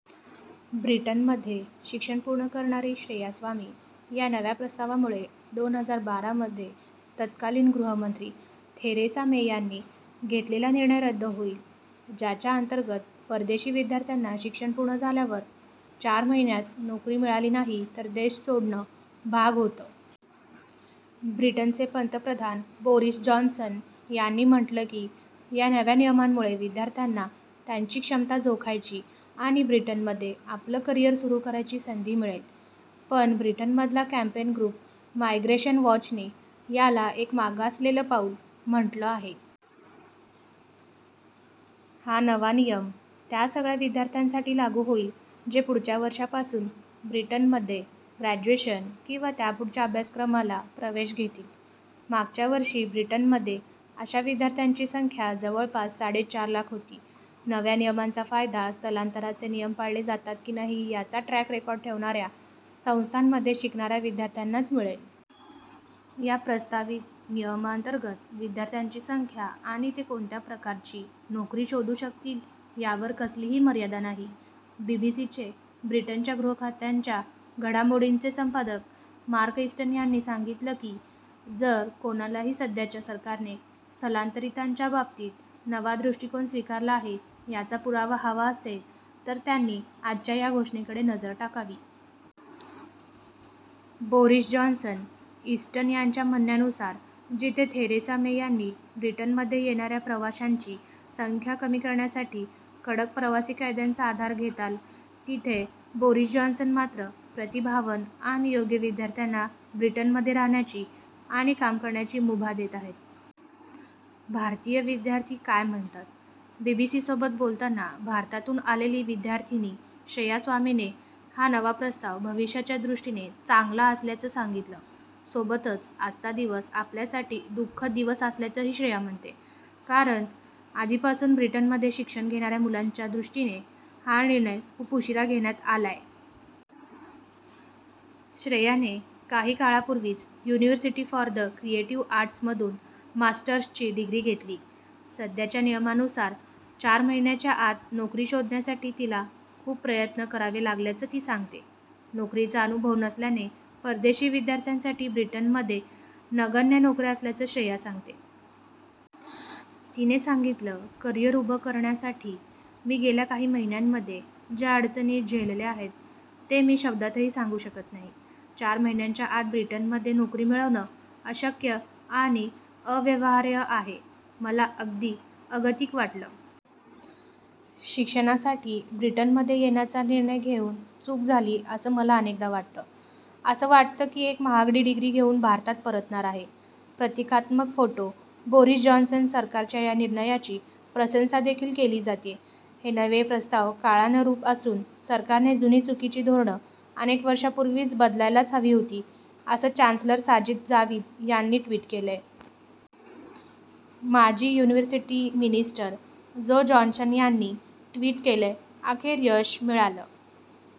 ब्रिटनमध्ये शिक्षण पूर्ण करणारी श्रेया स्वामी या नव्या प्रस्तावामुळे दोन हजार बारा मध्ये तत्कालीन गृहमंत्री थेरेसा मे यांनी घेतलेला निर्णय रद्द होईल ज्याच्या अंतर्गत परदेशी विद्यार्थ्यांना शिक्षण पूर्ण झाल्यावर चार महिन्यात नोकरी मिळाली नाही तर देश सोडणं भाग होतं. ब्रिटनचे पंतप्रधान बोरिस जॉन्सन यांनी म्हटलं की या नव्या नियमामुळे विद्यार्थ्यांना त्यांची क्षमता जोखायची आणि ब्रिटनमध्ये आपलं करिअर सुरू करायची संधी मिळेल. पण ब्रिटनमधला कँपेन ग्रुप 'मायग्रेशन वॉच'ने याला एक 'मागासलेलं पाऊल' म्हटलं आहे. हा नवा नियम त्या सगळ्या विद्यार्थ्यांसाठी लागू होईल जे पुढच्या वर्षापासून ब्रिटनमध्ये ग्रॅज्युएशन किंवा त्यापुढच्या अभ्यासक्रमाला प्रवेश घेतील. मागच्या वर्षी ब्रिटनमध्ये अशा विद्यार्थ्यांची संख्या जवळपास साडेचार लाख होती. नव्या नियमांचा फायदा स्थलांतराचे नियम पाळले जातात की नाही याचा ट्रॅक रेकॉर्ड ठेवणाऱ्या संस्थांमध्ये शिकणाऱ्या विद्यार्थ्यांनाच मिळेल. या प्रस्तावित नियमांतर्गत विद्यार्थ्यांची संख्या आणि ते कोणत्या प्रकारची नोकरी शोधू शकतील यावर कसलीही मर्यादा नाही. बीबीसीचे ब्रिटनच्या गृहखात्यांच्या घडामोडींचे संपादक मार्क इस्टन यांनी सांगितलं की जर कोणालाही सध्याच्या सरकारने स्थलांतरितांच्या बाबतीत नवा दृष्टीकोन स्वीकारला आहे याचा पुरावा हवा असेल तर त्यांनी आजच्या या घोषणेकडे नजर टाकावी. बोरिस जॉन्सन ईस्टन यांच्या म्हणण्यानुसार जिथे थेरेसा मे यांनी ब्रिटनमध्ये येणाऱ्या प्रवाशांची संख्या कमी करण्यासाठी कडक प्रवासी कायद्यांचा आधार घेताल तिथे बोरिस जॉन्सन मात्र प्रतिभावान आणि योग्य विद्यार्थ्यांना ब्रिटनमध्ये राहाण्याची आणि काम करण्याची मुभा देत आहेत. भारतीय विद्यार्थी काय म्हणतात? बीबीसीसोबत बोलताना भारतातून आलेली विद्यार्थिनी श्रेया स्वामीने हा नवा प्रस्ताव भविष्याच्या दृष्टीने चांगला असल्याचं सांगितलं. सोबतच आजचा दिवस आपल्यासाठी 'दुखःद दिवस' असल्याचंही श्रेया म्हणते कारण आधीपासून ब्रिटनमध्ये शिक्षण घेणाऱ्या मुलांच्या दृष्टीने हा निर्णय खूप उशीरा घेण्यात आलाय. श्रेयाने काही काळापूर्वीच 'युनिव्हर्सिटी फॉर द क्रिएटिव्ह आर्ट्स'मधून मार्स्टर्सची डिग्री घेतली. सध्याच्या नियमांनुसार चार महिन्यांच्या आत नोकरी शोधण्यासाठी तिला खूप प्रयत्न करावे लागल्याचं ती सांगते. नोकरीचा अनुभव नसल्याने परदेशी विद्यार्थ्यांसाठी ब्रिटनमध्ये नगण्य नोकऱ्या असल्याचं श्रेया सांगते. तिने सांगितलं करियर उभं करण्यासाठी मी गेल्या काही महिन्यांमध्ये ज्या अडचणी झेलल्या आहेत ते मी शब्दांतही सांगू शकत नाही. चार महिन्यांच्या आत ब्रिटनमध्ये नोकरी मिळवणं अशक्य आणि अव्यवहार्य आहे. मला अगदी अगतिक वाटलं. शिक्षणासाठी ब्रिटनमध्ये येण्याचा निर्णय घेऊन चूक झाली असं मला अनेकदा वाटतं. असं वाटतं की एक महागडी डिग्री घेऊन भारतात परतणार आहे. प्रतीकात्मक फोटो बोरिस जॉन्सन सरकारच्या या निर्णयाची प्रशंसादेखील केली जातेय. हे नवे प्रस्ताव काळानुरूप असून सरकाने जुनी चुकीची धोरणं अनेक वर्षांपूर्वीच बदलायलाच हवी होती, असं चॅन्सलर साजिद जाविद यांनी ट्विट केलंय. माजी 'युनिव्हर्सिटी मिनिस्टर' जो जॉन्सन यांनी ट्वीट केलंय, अखेर यश मिळालं.